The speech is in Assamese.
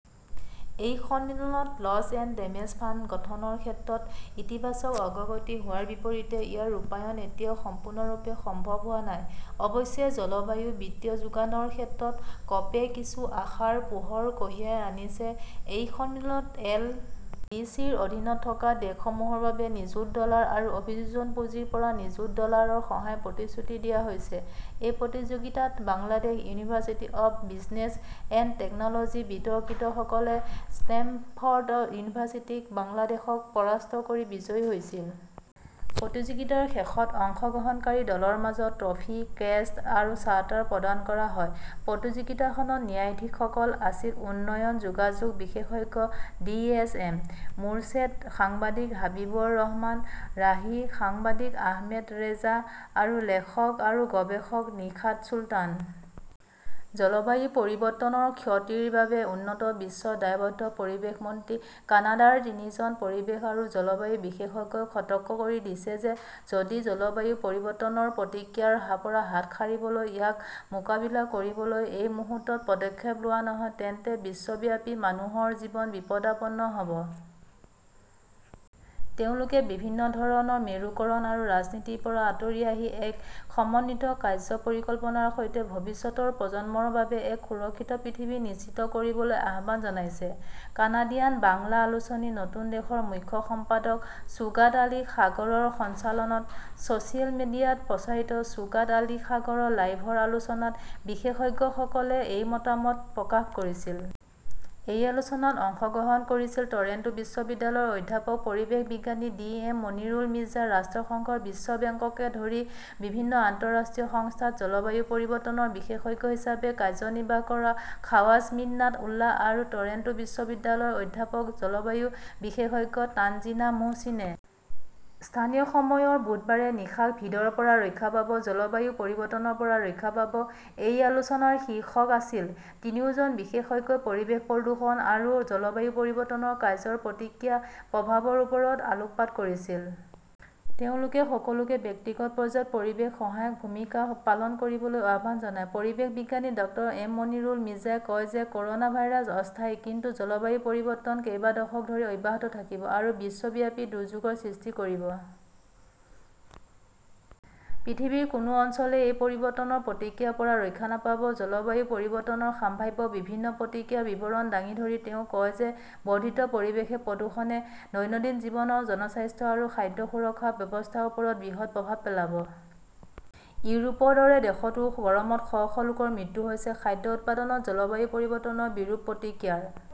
এই সন্মিলনত লছ এণ্ড ডেমেজ ফাণ্ড গঠনৰ ক্ষেত্ৰত ইতিবাচক অগ্ৰগতি হোৱাৰ বিপৰীতে ইয়াৰ ৰূপায়ণ এতিয়াও সম্পূৰ্ণৰূপে সম্ভৱ হোৱা নাই। অৱশ্যে জলবায়ু বিত্তীয় যোগানৰ ক্ষেত্ৰত কপ- -এ কিছু আশাৰ পোহৰ কঢ়িয়াই আনিছে। এই সন্মিলনত এল. ডি. চি. -ৰ অধীনত থকা দেশসমূহৰ বাবে নিযুত ডলাৰ আৰু অভিযোজন পুঁজিৰ পৰা নিযুত ডলাৰৰ সহায়ৰ প্ৰতিশ্ৰুতি দিয়া হৈছে। এই প্ৰতিযোগিতাত Bangladesh university of business and টেকন 'লজিৰ বিতৰ্কিতসকলে ষ্টেমফৰ্ড ইউনিভাৰ্চিটিক বাংলাদেশক পৰাস্ত কৰি বিজয়ী হৈছিল। প্ৰতিযোগিতাৰ শেষত অংশগ্ৰহণকাৰী দলৰ মাজত ট্ৰফী, ক্ৰেষ্ট আৰু চাৰ্টাৰ প্ৰদান কৰা হয়। প্ৰতিযোগিতাখনত ন্যায়াধীশসকল আছিল-উন্নয়ন যোগাযোগ বিশেষজ্ঞ ড এছ. এম. মোৰশ্বেদ, সাংবাদিক হাবিবৰ ৰহমান ৰাহি, সাংবাদিক আহমেদ ৰেজা আৰু লেখক আৰু গৱেষক নিশাত চুলতান। জলবায়ু পৰিৱৰ্তনৰ ক্ষতিৰ বাবে উন্নত বিশ্ব দায়বদ্ধঃ পৰিৱেশ মন্ত্ৰী কানাডাৰ তিনিজন পৰিৱেশ আৰু জলবায়ু বিশেষজ্ঞই সতৰ্ক কৰি দিছে যে যদি জলবায়ু পৰিৱৰ্তনৰ প্ৰতিক্ৰিয়াৰ পৰা হাত সাৰিবলৈ ইয়াক মোকাবিলা কৰিবলৈ এই মুহূৰ্তত পদক্ষেপ লোৱা নহয় তেন্তে বিশ্বব্যাপী মানুহৰ জীৱন বিপদাপন্ন হ 'ব। তেওঁলোকে বিভিন্ন ধৰণৰ মেৰুকৰণ আৰু ৰাজনীতিৰ পৰা আঁতৰি আহি এক সমন্বিত কাৰ্য্য পৰিকল্পনাৰ সৈতে ভৱিষ্যতৰ প্ৰজন্মৰ বাবে এক সুৰক্ষিত পৃথিৱী নিশ্চিত কৰিবলৈ আহ্বান জনাইছে। কানাডিয়ান বাংলা আলোচনী নতুন দেশৰ মুখ্য সম্পাদক শ্বোগাট আলী সাগৰৰ সঞ্চালনাত ছ "চিয়েল মিডিয়াত প্ৰচাৰিত শ্বোগাট আলী সাগৰ লাইভৰ আলোচনাত বিশেষজ্ঞসকলে এই মতামত প্ৰকাশ কৰিছিল। এই আলোচনাত অংশগ্ৰহণ কৰিছিল টৰন্টো বিশ্ববিদ্যালয়ৰ অধ্যাপক পৰিৱেশ বিজ্ঞানী ড এম. মনিৰুল মিৰ্জা, ৰাষ্ট্ৰসংঘ, বিশ্ব বেংককে ধৰি বিভিন্ন আন্তঃৰাষ্ট্ৰীয় সংস্থাত জলবায়ু পৰিৱৰ্তনৰ বিশেষজ্ঞ হিচাপে কাৰ্যনিৰ্বাহ কৰা খাৱাজা মিন্নাট উল্লা আৰু টৰন্টো বিশ্ববিদ্যালয়ৰ অধ্যাপক জলবায়ু বিশেষজ্ঞ তানজিনা মোহচিনে। স্থানীয় সময়ৰ বুধবাৰে নিশা 'ক "ভিডৰ পৰা ৰক্ষা পাব, জলবায়ু পৰিৱৰ্তনৰ পৰা ৰক্ষা পাব! " এই আলোচনাৰ শীৰ্ষক আছিল '। তিনিওজন বিশেষজ্ঞই পৰিৱেশ প্ৰদূষণ আৰু জলবায়ু পৰিৱৰ্তনৰ কাৰ্য্যৰ প্ৰতিক্ৰিয়া আৰু প্ৰভাৱৰৰ ওপৰত আলোকপাত কৰিছিল। তেওঁলোকে সকলোকে ব্যক্তিগত পৰ্যায়ত পৰিৱেশ সহায়ক ভূমিকা পালন কৰিবলৈ আহ্বান জনায়। পৰিৱেশ বিজ্ঞানী ডাঃ এম মনিৰুল মিৰ্জাই কয় যে কৰ 'না ভাইৰাছ অস্থায়ী কিন্তু জলবায়ু পৰিৱৰ্তন কেইবা দশক ধৰি অব্যাহত থাকিব আৰু বিশ্বব্যাপী দুৰ্যোগৰ সৃষ্টি কৰিব। পৃথিৱীৰ কোনো অঞ্চলই এই পৰিৱৰ্তনৰ প্ৰতিক্ৰিয়াৰ পৰা ৰক্ষা নাপাব। জলবায়ু পৰিৱৰ্তনৰ সম্ভাৱ্য বিভিন্ন প্ৰতিক্ৰিয়াৰ বিৱৰণ দাঙি ধৰি তেওঁ কয় যে বৰ্ধিত পৰিৱেশ প্ৰদূষণে দৈনন্দিন জীৱন, জনস্বাস্থ্য আৰু খাদ্য সুৰক্ষা ব্যৱস্থাৰ ওপৰত বৃহৎ প্ৰভাৱ পেলাব। ইউৰোপৰ দৰে দেশতও গৰমত শ শ লোকৰ মৃত্যু হৈছে। খাদ্য উৎপাদনত জলবায়ু পৰিৱৰ্তনৰ বিৰূপ প্ৰতিক্ৰিয়াৰ